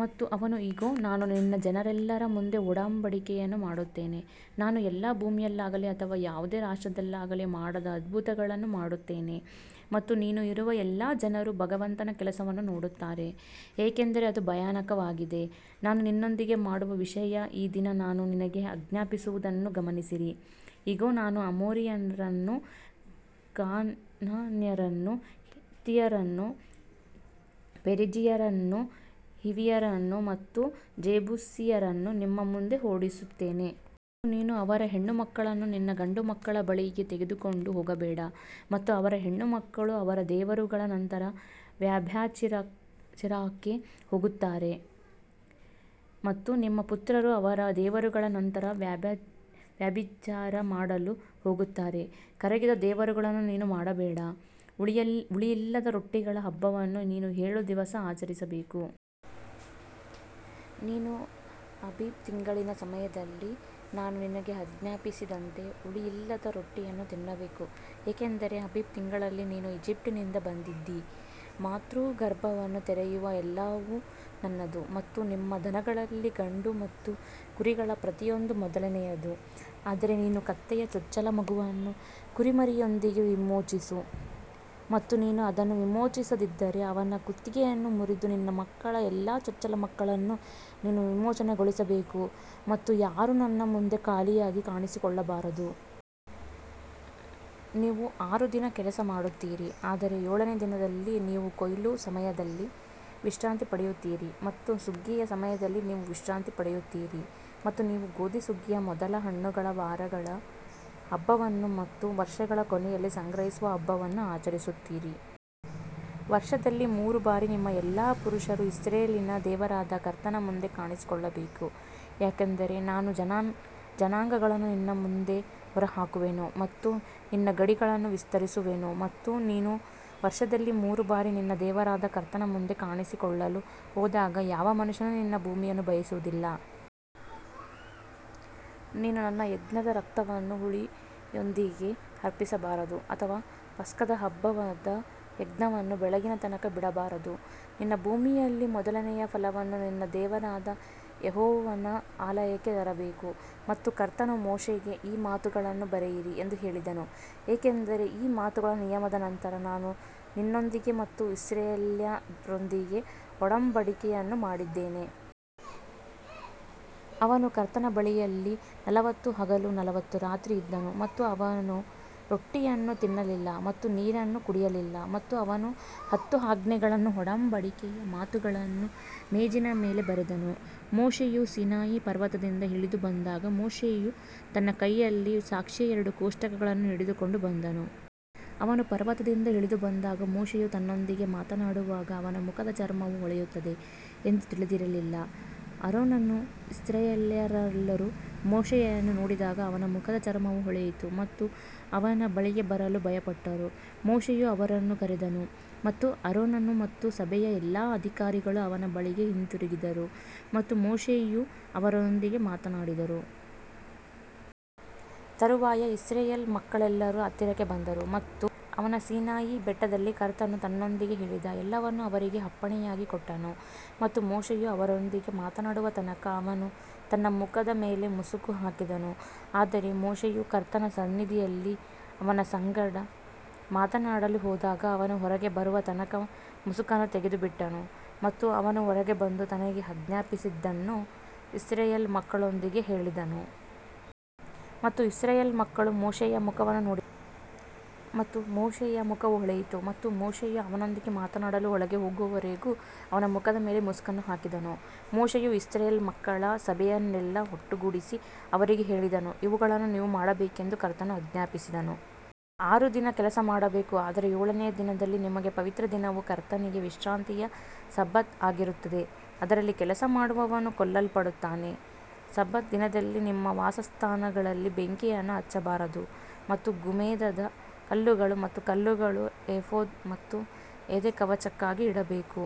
ಮತ್ತು ಅವನು ಇಗೋ ನಾನು ನಿನ್ನ ಜನರೆಲ್ಲರ ಮುಂದೆ ಒಡಂಬಡಿಕೆಯನ್ನು ಮಾಡುತ್ತೇನೆ ನಾನು ಎಲ್ಲಾ ಭೂಮಿಯಲ್ಲಾಗಲಿ ಅಥವಾ ಯಾವುದೇ ರಾಷ್ಟ್ರದಲ್ಲಾಗಲಿ ಮಾಡದ ಅದ್ಭುತಗಳನ್ನು ಮಾಡುತ್ತೇನೆ ಮತ್ತು ನೀನು ಇರುವ ಎಲ್ಲಾ ಜನರು ಭಗವಂತನ ಕೆಲಸವನ್ನು ನೋಡುತ್ತಾರೆ ಏಕೆಂದರೆ ಅದು ಭಯಾನಕವಾಗಿದೆ. ನಾನು ನಿನ್ನೊಂದಿಗೆ ಮಾಡುವ ವಿಷಯ ಈ ದಿನ ನಾನು ನಿನಗೆ ಆಜ್ಞಾಪಿಸುವುದನ್ನು ಗಮನಿಸಿರಿ ಇಗೋ ನಾನು ಅಮೋರಿಯರನ್ನು ಕಾನಾನ್ಯರನ್ನು ಹಿತ್ತಿಯರನ್ನು ಪೆರಿಜ್ಜೀಯರನ್ನು ಹಿವಿಯರನ್ನು ಮತ್ತು ಜೆಬೂಸಿಯರನ್ನು ನಿಮ್ಮ ಮುಂದೆ ಓಡಿಸುತ್ತೇನೆ. ಮತ್ತು ನೀನು ಅವರ ಹೆಣ್ಣುಮಕ್ಕಳನ್ನು ನಿನ್ನ ಗಂಡುಮಕ್ಕಳ ಬಳಿಗೆ ತೆಗೆದುಕೊಂಡು ಹೋಗಬೇಡ ಮತ್ತು ಅವರ ಹೆಣ್ಣುಮಕ್ಕಳು ಅವರ ದೇವರುಗಳ ನಂತರ ವ್ಯಭಿಚಾರಕ್ಕೆ ಹೋಗುತ್ತಾರೆ ಮತ್ತು ನಿಮ್ಮ ಪುತ್ರರು ಅವರ ದೇವರುಗಳ ನಂತರ ವ್ಯಭಿಚಾರ ಮಾಡಲು ಹೋಗುತ್ತಾರೆ. ಕರಗಿದ ದೇವರುಗಳನ್ನು ನೀನು ಮಾಡಬೇಡ. ಹುಳಿಯಿಲ್ಲದ ರೊಟ್ಟಿಗಳ ಹಬ್ಬವನ್ನು ನೀನು ಏಳು ದಿವಸ ಆಚರಿಸಬೇಕು. ನೀನು ಆಬೀಬ್ ತಿಂಗಳಿನ ಸಮಯದಲ್ಲಿ ನಾನು ನಿನಗೆ ಆಜ್ಞಾಪಿಸಿದಂತೆ ಹುಳಿಯಿಲ್ಲದ ರೊಟ್ಟಿಯನ್ನು ತಿನ್ನಬೇಕು ಏಕೆಂದರೆ ಅಬೀಬ್ ತಿಂಗಳಲ್ಲಿ ನೀನು ಈಜಿಪ್ಟಿನಿಂದ ಬಂದಿದ್ದೀ. ಮಾತೃಗರ್ಭವನ್ನು ತೆರೆಯುವ ಎಲ್ಲವೂ ನನ್ನದು ಮತ್ತು ನಿಮ್ಮ ದನಗಳಲ್ಲಿ ಗಂಡು ಅಥವಾ ಕುರಿಗಳ ಪ್ರತಿಯೊಂದು ಮೊದಲನೆಯದು. ಆದರೆ ನೀನು ಕತ್ತೆಯ ಚೊಚ್ಚಲ ಮಗುವನ್ನು ಕುರಿಮರಿಯೊಂದಿಗೆ ವಿಮೋಚಿಸು ಮತ್ತು ನೀನು ಅದನ್ನು ವಿಮೋಚಿಸದಿದ್ದರೆ ಅವನ ಕುತ್ತಿಗೆಯನ್ನು ಮುರಿದು ನಿನ್ನ ಮಕ್ಕಳ ಎಲ್ಲಾ ಚೊಚ್ಚಲ ಮಕ್ಕಳನ್ನು ನೀನು ವಿಮೋಚನೆಗೊಳಿಸಬೇಕು ಮತ್ತು ಯಾರೂ ನನ್ನ ಮುಂದೆ ಖಾಲಿಯಾಗಿ ಕಾಣಿಸಿಕೊಳ್ಳಬಾರದು. ನೀವು ಆರು ದಿನ ಕೆಲಸ ಮಾಡುತ್ತೀರಿ ಆದರೆ ಏಳನೇ ದಿನದಲ್ಲಿ ನೀವು ಕೊಯ್ಲು ಸಮಯದಲ್ಲಿ ವಿಶ್ರಾಂತಿ ಪಡೆಯುತ್ತೀರಿ ಮತ್ತು ಸುಗ್ಗಿಯ ಸಮಯದಲ್ಲಿ ನೀವು ವಿಶ್ರಾಂತಿ ಪಡೆಯುತ್ತೀರಿ. ಮತ್ತು ನೀವು ಗೋಧಿ ಸುಗ್ಗಿಯ ಮೊದಲ ಹಣ್ಣುಗಳ ವಾರಗಳ ಹಬ್ಬವನ್ನು ಮತ್ತು ವರ್ಷಗಳ ಕೊನೆಯಲ್ಲಿ ಸಂಗ್ರಹಿಸುವ ಹಬ್ಬವನ್ನು ಆಚರಿಸುತ್ತೀರಿ. ವರ್ಷದಲ್ಲಿ ಮೂರು ಬಾರಿ ನಿಮ್ಮ ಎಲ್ಲಾ ಪುರುಷರು ಇಸ್ರಾಯೇಲಿನ ದೇವರಾದ ಕರ್ತನ ಮುಂದೆ ಕಾಣಿಸಿಕೊಳ್ಳಬೇಕು ಯಾಕಂದರೆ ನಾನು ಜನಾಂಗಗಳನ್ನು ನಿನ್ನ ಮುಂದೆ ಹೊರಹಾಕುವೆನು ಮತ್ತು ನಿನ್ನ ಗಡಿಗಳನ್ನು ವಿಸ್ತರಿಸುವೆನು ಮತ್ತು ನೀನು ವರ್ಷದಲ್ಲಿ ಮೂರು ಬಾರಿ ನಿನ್ನ ದೇವರಾದ ಕರ್ತನ ಮುಂದೆ ಕಾಣಿಸಿಕೊಳ್ಳಲು ಹೋದಾಗ ಯಾವ ಮನುಷ್ಯನೂ ನಿನ್ನ ಭೂಮಿಯನ್ನು ಬಯಸುವುದಿಲ್ಲ. ನೀನು ನನ್ನ ಯಜ್ಞದ ರಕ್ತವನ್ನು ಹುಳಿಯೊಂದಿಗೆ ಅರ್ಪಿಸಬಾರದು ಅಥವಾ ಪಸ್ಕದ ಹಬ್ಬದ ಯಜ್ಞವನ್ನು ಬೆಳಗಿನ ತನಕ ಬಿಡಬಾರದು. ನಿನ್ನ ಭೂಮಿಯಲ್ಲಿ ಮೊದಲನೆಯ ಫಲವನ್ನು ನಿನ್ನ ದೇವರಾದ ಯೆಹೋವನ ಆಲಯಕ್ಕೆ ತರಬೇಕು. ಮತ್ತು ಕರ್ತನು ಮೋಶೆಗೆ ಈ ಮಾತುಗಳನ್ನು ಬರೆಯಿರಿ ಎಂದು ಹೇಳಿದನು ಏಕೆಂದರೆ ಈ ಮಾತುಗಳ ನಿಯಮದ ನಂತರ ನಾನು ನಿನ್ನೊಂದಿಗೆ ಮತ್ತು ಇಸ್ರಾಯೇಲ್ಯರೊಂದಿಗೆ ಒಡಂಬಡಿಕೆಯನ್ನು ಮಾಡಿದ್ದೇನೆ. ಅವನು ಕರ್ತನ ಬಳಿಯಲ್ಲಿ ನಲವತ್ತು ಹಗಲು ನಲವತ್ತು ರಾತ್ರಿ ಇದ್ದನು ಮತ್ತು ಅವನು ರೊಟ್ಟಿಯನ್ನು ತಿನ್ನಲಿಲ್ಲ ಮತ್ತು ನೀರನ್ನು ಕುಡಿಯಲಿಲ್ಲ ಮತ್ತು ಅವನು ಹತ್ತು ಆಜ್ಞೆಗಳನ್ನು ಒಡಂಬಡಿಕೆಯ ಮಾತುಗಳನ್ನು ಮೇಜಿನ ಮೇಲೆ ಬರೆದನು. ಮೋಶೆಯು ಸೀನಾಯಿ ಪರ್ವತದಿಂದ ಇಳಿದು ಬಂದಾಗ ಮೋಶೆಯು ತನ್ನ ಕೈಯಲ್ಲಿ ಸಾಕ್ಷಿಯ ಎರಡು ಕೋಷ್ಟಕಗಳನ್ನು ಹಿಡಿದುಕೊಂಡು ಬಂದನು. ಅವನು ಪರ್ವತದಿಂದ ಇಳಿದು ಬಂದಾಗ ಮೋಶೆಯು ತನ್ನೊಂದಿಗೆ ಮಾತನಾಡುವಾಗ ಅವನ ಮುಖದ ಚರ್ಮವು ಹೊಳೆಯುತ್ತದೆ ಎಂದು ತಿಳಿದಿರಲಿಲ್ಲ. ಆರೋನನೂ ಇಸ್ರಾಯೇಲ್ಯರೆಲ್ಲರೂ ಮೋಶೆಯನ್ನು ನೋಡಿದಾಗ ಅವನ ಮುಖದ ಚರ್ಮವು ಹೊಳೆಯಿತು ಮತ್ತು ಅವನ ಬಳಿಗೆ ಬರಲು ಭಯಪಟ್ಟರು. ಮೋಶೆಯು ಅವರನ್ನು ಕರೆದನು ಮತ್ತು ಆರೋನನು ಮತ್ತು ಸಭೆಯ ಎಲ್ಲಾ ಅಧಿಕಾರಿಗಳು ಅವನ ಬಳಿಗೆ ಹಿಂದಿರುಗಿದರು ಮತ್ತು ಮೋಶೆಯು ಅವರೊಂದಿಗೆ ಮಾತನಾಡಿದನು. ತರುವಾಯ ಇಸ್ರಾಯೇಲ್ ಮಕ್ಕಳೆಲ್ಲರೂ ಹತ್ತಿರಕ್ಕೆ ಬಂದರು ಮತ್ತು ಅವನು ಸೀನಾಯಿ ಬೆಟ್ಟದಲ್ಲಿ ಕರ್ತನು ತನ್ನೊಂದಿಗೆ ಹೇಳಿದ ಎಲ್ಲವನ್ನೂ ಅವರಿಗೆ ಅಪ್ಪಣೆಯಾಗಿ ಕೊಟ್ಟನು. ಮತ್ತು ಮೋಶೆಯು ಅವರೊಂದಿಗೆ ಮಾತನಾಡುವ ತನಕ ಅವನು ತನ್ನ ಮುಖದ ಮೇಲೆ ಮುಸುಕು ಹಾಕಿದನು ಆದರೆ ಮೋಶೆಯು ಕರ್ತನ ಸನ್ನಿಧಿಯಲ್ಲಿ ಅವನ ಸಂಗಡ ಮಾತನಾಡಲು ಹೋದಾಗ ಅವನು ಹೊರಗೆ ಬರುವ ತನಕ ಮುಸುಕನ್ನು ತೆಗೆದುಬಿಟ್ಟನು ಮತ್ತು ಅವನು ಹೊರಗೆ ಬಂದು ತನಗೆ ಆಜ್ಞಾಪಿಸಿದ್ದನ್ನು ಇಸ್ರಾಯೇಲ್ ಮಕ್ಕಳೊಂದಿಗೆ ಹೇಳಿದನು. ಮತ್ತು ಇಸ್ರಾಯೇಲ್ ಮಕ್ಕಳು ಮೋಶೆಯ ಮುಖವನ್ನು ನೋಡಿದರು ಮತ್ತು ಮೋಶೆಯ ಮುಖವು ಹೊಳೆಯಿತು ಮತ್ತು ಮೋಶೆಯು ಅವನೊಂದಿಗೆ ಮಾತನಾಡಲು ಒಳಗೆ ಹೋಗುವವರೆಗೂ ಅವನ ಮುಖದ ಮೇಲೆ ಮುಸುಕನ್ನು ಹಾಕಿದನು. ಮೋಶೆಯು ಇಸ್ರಾಯೇಲ್ ಮಕ್ಕಳ ಸಭೆಯನ್ನೆಲ್ಲಾ ಒಟ್ಟುಗೂಡಿಸಿ ಅವರಿಗೆ ಹೇಳಿದನು ಇವುಗಳನ್ನು ನೀವು ಮಾಡಬೇಕೆಂದು ಕರ್ತನು ಆಜ್ಞಾಪಿಸಿದನು. ಆರು ದಿನ ಕೆಲಸ ಮಾಡಬೇಕು ಆದರೆ ಏಳನೆಯ ದಿನದಲ್ಲಿ ನಿಮಗೆ ಪವಿತ್ರ ದಿನವು ಕರ್ತನಿಗೆ ವಿಶ್ರಾಂತಿಯ ಸಬ್ಬತ್ ಆಗಿರುತ್ತದೆ ಅದರಲ್ಲಿ ಕೆಲಸ ಮಾಡುವವನು ಕೊಲ್ಲಲ್ಪಡುತ್ತಾನೆ. ಸಬ್ಬತ್ ದಿನದಲ್ಲಿ ನಿಮ್ಮ ವಾಸಸ್ಥಾನಗಳಲ್ಲಿ ಬೆಂಕಿಯನ್ನು ಹಚ್ಚಬಾರದು ಮತ್ತು ಗೋಮೇಧದ ಕಲ್ಲುಗಳು ಮತ್ತು ಕಲ್ಲುಗಳು ಏಫೋದ್ ಮತ್ತು ಎದೆಕವಚಕ್ಕಾಗಿ ಇಡಬೇಕು.